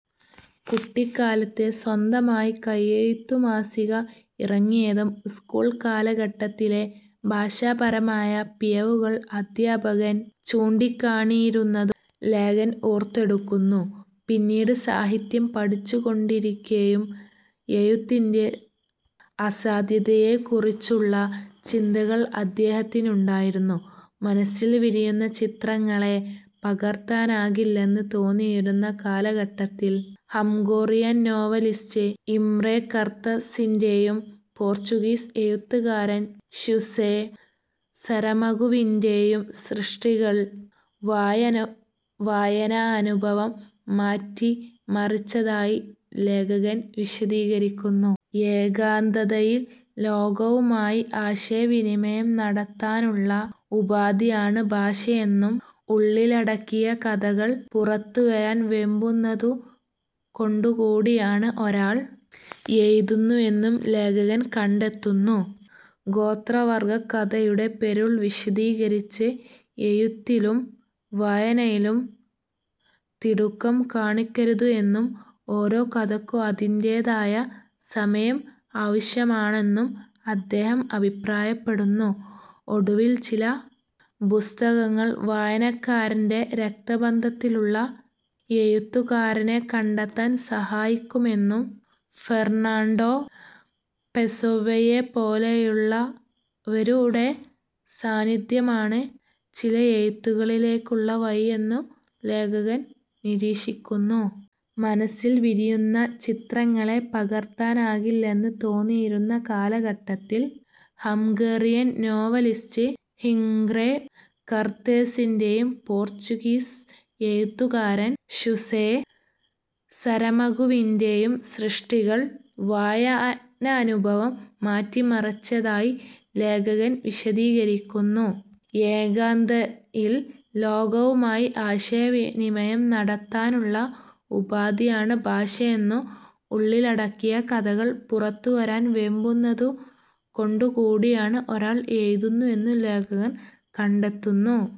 കുട്ടിക്കാലത്ത് സ്വന്തമായി കയ്യെഴുത്തുമാസിക ഇറങ്ങിയതും, സ്കൂൾ കാലഘട്ടത്തിലെ ഭാഷാപരമായ പിഴവുകൾ അധ്യാപകൻ ചൂണ്ടിക്കാണിയിരുന്നതും ലേഖകൻ ഓർത്തെടുക്കുന്നു. പിന്നീട് സാഹിത്യം പഠിച്ചുകൊണ്ടിരിക്കെയും എഴുത്തിന്റെ അസാധ്യതയെക്കുറിച്ചുള്ള ചിന്തകൾ അദ്ദേഹത്തിനുണ്ടായിരുന്നു. മനസ്സിൽ വിരിയുന്ന ചിത്രങ്ങളെ പകർത്താനാകില്ലെന്ന് തോന്നിയിരുന്ന കാലഘട്ടത്തിൽ, ഹം ഗോറിയൻ നോവലിസ്റ്റ് ഇംറെ കർത്തെസിന്റെയും പോർച്ചുഗീസ് എഴുത്തുകാരൻ ഷുസെ സരമഗുവിന്റെയും സൃഷ്ടികൾ വായനാനുഭവം മാറ്റിമറിച്ചതായി ലേഖകൻ വിശദീകരിക്കുന്നു. ഏകാന്തതയിൽ ലോകവുമായി ആശയവിനിമയം നടത്താനുള്ള ഉപാധിയാണ് ഭാഷയെന്നും, ഉള്ളിലടക്കിയ കഥകൾ പുറത്തുവരാൻ വെമ്പുന്നതു കൊണ്ടു കൂടിയാണ് ഒരാൾ എഴുതുന്നു എന്നു ലേഖകൻ കണ്ടെത്തുന്നു. ഗോത്രവർഗ്ഗ കഥയുടെ പെരുൾ വിശദീകരിച്ച്, എഴുത്തിലും വായനയിലും തിടുക്കം കാണിക്കരുതെന്നും, ഓരോ കഥയ്ക്കും അതിന്റേതായ സമയം ആവശ്യമാണെന്നും അദ്ദേഹം അഭിപ്രായപ്പെടുന്നു. ഒടുവിൽ, ചില പുസ്തകങ്ങൾ വായനക്കാരന്റെ രക്തബന്ധത്തിലുള്ള എഴുത്തുകാരനെ കണ്ടെത്താൻ സഹായിക്കുമെന്നും, ഫെർണാൻഡോ പെസോവയെപ്പോലെയുള്ളവരുടെ സാന്നിധ്യമാണ് ചില എഴുത്തുകളിലേക്കുള്ള വഴിയെന്നും ലേഖകൻ നിരീക്ഷിക്കുന്നു. മനസ്സിൽ വിരിയുന്ന ചിത്രങ്ങളെ പകർത്താനാകില്ലെന്ന് തോന്നിയിരുന്ന കാലഘട്ടത്തിൽ, ഹംഗേറിയൻ നോവലിസ്റ്റ് ഹിംഗ്രേ കർത്തെസിന്റെയും പോർച്ചുഗീസ് എഴുത്തുകാരൻ ഷുസെ സരമഗുവിന്റെയും സൃഷ്ടികൾ വായനാനുഭവം മാറ്റിമറിച്ചതായി ലേഖകൻ വിശദീകരിക്കുന്നു. ഏകാന്തയിൽ ലോകവുമായി ആശയവിനിമയം നടത്താനുള്ള ഉപാധിയാണ് ഭാഷയെന്നും, ഉള്ളിലടക്കിയ കഥകൾ പുറത്തുവരാൻ വെമ്പുന്നതു കൊണ്ടു കൂടിയാണ് ഒരാൾ എഴുതുന്നു എന്നുലേഖകൻ കണ്ടെത്തുന്നു.